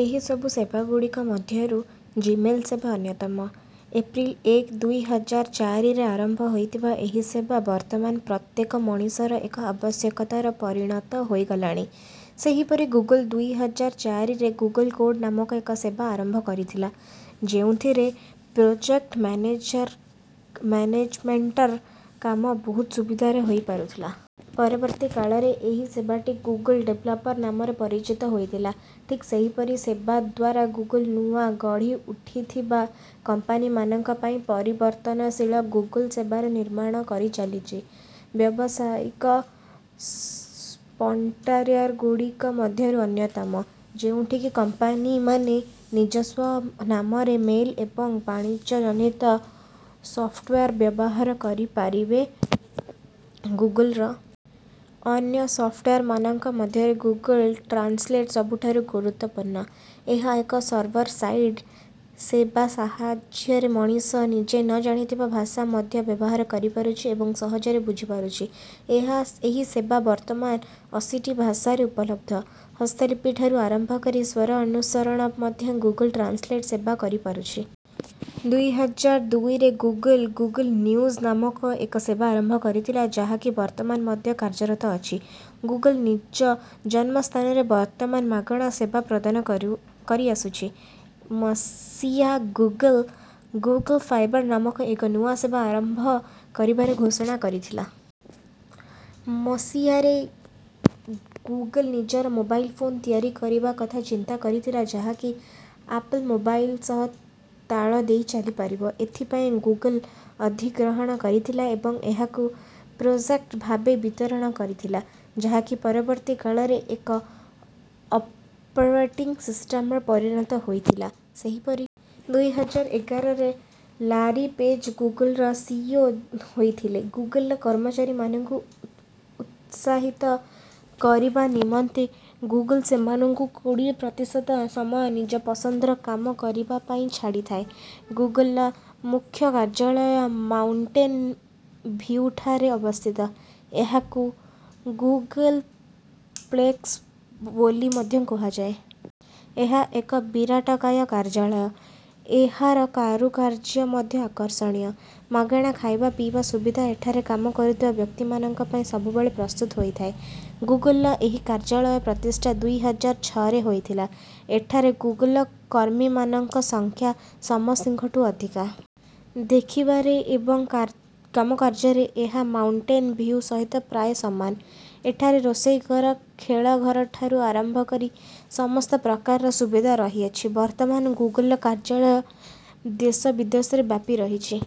ଏହିସବୁ ସେବାଗୁଡ଼ିକ ମଧ୍ୟରୁ ଜିମେଲ୍ ସେବା ଅନ୍ୟତମ। ଏପ୍ରିଲ ଏକ, ଦୁଇ ହଜାର ଚାରିରେ ଆରମ୍ଭ ହୋଇଥିବା ଏହି ସେବା ବର୍ତ୍ତମାନ ପ୍ରତ୍ୟେକ ମଣିଷର ଏକ ଆବଶ୍ୟକତା ପରିଣତ ହୋଇଗଲାଣି। ସେହିପରି ଗୁଗଲ ଦୁଇ ହଜାର ଚାରିରେ 'ଗୁଗଲ କୋଡ଼' ନାମକ ଏକ ସେବା ଆରମ୍ଭ କରିଥିଲା, ଯେଉଁଥିରେ ପ୍ରୋଜେକ୍ଟ ମ୍ୟାନେଜର ମ୍ୟାନେଜମେଣ୍ଟର କାମ ବହୁତ ସୁବିଧାରେ ହୋଇପାରୁଥିଲା। ପରବର୍ତ୍ତୀ କାଳରେ ଏହି ସେବାଟି 'ଗୁଗଲ ଡେଭଲପର' ନାମରେ ପରିଚିତ ହୋଇଥିଲା। ଠିକ୍ ସେହିପରି ସେବା ଦ୍ୱାରା ଗୁଗଲ ନୂଆ ଗଢ଼ିଉଠିଥିବା କମ୍ପାନୀମାନଙ୍କ ପାଇଁ ପରିବର୍ତ୍ତନଶୀଳ ଗୁଗଲ ସେବାର ନିର୍ମାଣ କରିଚାଲିଚି। ବ୍ୟବସାୟିକ ସ୍ପନ୍ଟାରିୱାର ଗୁଡ଼ିକ ମଧ୍ୟରୁ ଅନ୍ୟତମ, ଯେଉଁଠି କି କମ୍ପାନୀମାନେ ନିଜସ୍ୱ ନାମରେ ମେଲ୍ ଏବଂ ବାଣିଜ୍ୟଜନିତ ସଫ୍ଟୱେର୍ ବ୍ୟବହାର କରିପାରିବେ। ଗୁଗଲର ଅନ୍ୟ ସଫ୍ଟୱେର୍‌ମାନଙ୍କ ମଧ୍ୟରେ ଗୁଗଲ ଟ୍ରାନ୍ସଲେଟ୍ ସବୁଠାରୁ ଗୁରୁତ୍ୱପୂର୍ଣ୍ଣ। ଏହା ଏକ ସର୍ଭର ସାଇଡ୍ ସେବା ସାହାଯ୍ୟରେ ମଣିଷ ନିଜେ ନ ଜାଣିଥିବା ଭାଷା ମଧ୍ୟ ବ୍ୟବହାର କରିପାରୁଛି ଏବଂ ସହଜରେ ବୁଝିପାରୁଛି। ଏଏହା ହି ସେବା ବର୍ତ୍ତମାନ ଅଶୀଟି ଭାଷାରେ ଉପଲବ୍ଧ। ହସ୍ତଲିପିଠାରୁ ଆରମ୍ଭ କରି ସ୍ୱର ଅନୁସରଣ ମଧ୍ୟ ଗୁଗଲ ଟ୍ରାନ୍ସଲେଟ୍ ସେବା କରିପାରୁଛି। ଦୁଇ ହଜାର ଦୁଇରେ ଗୁଗଲ, 'ଗୁଗଲ ନ୍ୟୁଜ୍' ନାମକ ଏକ ସେବା ଆରମ୍ଭ କରିଥିଲା, ଯାହାକି ବର୍ତ୍ତମାନ ମଧ୍ୟ କାର୍ଯ୍ୟରତ ଅଛି। ଗୁଗଲ ନିଜ ଜନ୍ମସ୍ଥାନରେ ବର୍ତ୍ତମାନ ମାଗଣା ସେବା ପ୍ରଦାନ କରୁ କରିଆସୁଛି। ମସିହାରେ ଗୁଗଲ, 'ଗୁଗଲ ଫାଇବର୍' ନାମକ ଏକ ନୂଆ ସେବା ଆରମ୍ଭ କରିବାର ଘୋଷଣା କରିଥିଲା। ମସିହାରେ ଗୁଗଲ ନିଜର ମୋବାଇଲ୍ ଫୋନ୍ ତିଆରି କରିବା କଥା ଚିନ୍ତା କରିଥିଲା, ଯାହାକି ଆପଲ୍ ମୋବାଇଲ୍ ସହ ତାଳ ଦେଇ ଚାଲିପାରିବ। ଏଥିପାଇଁ ଗୁଗଲ ଅଧିଗ୍ରହଣ କରିଥିଲା ଏବଂ ଏହାକୁ ପ୍ରୋଜେକ୍ଟ ଭାବେ ବିତରଣ କରିଥିଲା, ଯାହାକି ପରବର୍ତ୍ତୀ କାଳରେ ଏକ ଅପରେଟିଂ ସିଷ୍ଟମ୍‌ରେ ପରିଣତ ହୋଇଥିଲା। ସେହି ଦୁଇ ହଜାର ଏଗାରରେ ଲାରୀ ପେଜ୍ ଗୁଗଲର ସିଇଓ ହୋଇଥିଲେ। ଗୁଗଲର କର୍ମଚାରୀମାନଙ୍କୁ ଉତ୍ସାହିତ କରିବା ନିମନ୍ତେ ଗୁଗଲ ସେମାନଙ୍କୁ କୋଡ଼ିଏ ପ୍ରତିଶତ ସମୟ ନିଜ ପସନ୍ଦର କାମ କରିବା ପାଇଁ ଛାଡ଼ିଥାଏ। ଗୁଗଲର ମୁଖ୍ୟ କାର୍ଯ୍ୟାଳୟ ମାଉଣ୍ଟେନ୍ ଭିଉଠାରେ ଅବସ୍ଥିତ। ଏହାକୁ 'ଗୁଗଲପ୍ଲେକ୍ସ' ବୋଲି ମଧ୍ୟ କୁହାଯାଏ। ଏହା ଏକ ବିରାଟକାୟ କାର୍ଯ୍ୟାଳୟ। ଏହାର କାରୁକାର୍ଯ୍ୟ ମଧ୍ୟ ଆକର୍ଷଣୀୟ। ମାଗଣା ଖାଇବା ପିଇବା ସୁବିଧା ଏଠାରେ କାମ କରୁଥିବା ବ୍ୟକ୍ତିମାନଙ୍କ ପାଇଁ ସବୁବେଳେ ପ୍ରସ୍ତୁତ ହୋଇଥାଏ। ଗୁଗଲର ଏହି କାର୍ଯ୍ୟାଳୟ ପ୍ରତିଷ୍ଠା ଦୁଇ ହଜାର ଛଅରେ ହୋଇଥିଲା। ଏଠାରେ ଗୁଗଲର କର୍ମୀମାନଙ୍କ ସଂଖ୍ୟା ସମସ୍ତଙ୍କଠୁଁ ଅଧିକ। ଦେଖିବାରେ ଏବଂ କାର୍ କାମକାର୍ଯ୍ୟରେ ଏହା ମାଉଣ୍ଟେନ୍ ଭିଉ ସହିତ ପ୍ରାୟ ସମାନ। ଏଠାରେ ରୋଷେଇ ଘର, ଖେଳ ଘରଠାରୁ ଆରମ୍ଭ କରି ସମସ୍ତ ପ୍ରକାରର ସୁବିଧା ରହିଅଛି। ବର୍ତ୍ତମାନ ଗୁଗଲର କାର୍ଯ୍ୟାଳୟ ଦେଶ ବିଦେଶରେ ବ୍ୟାପି ରହିଛି।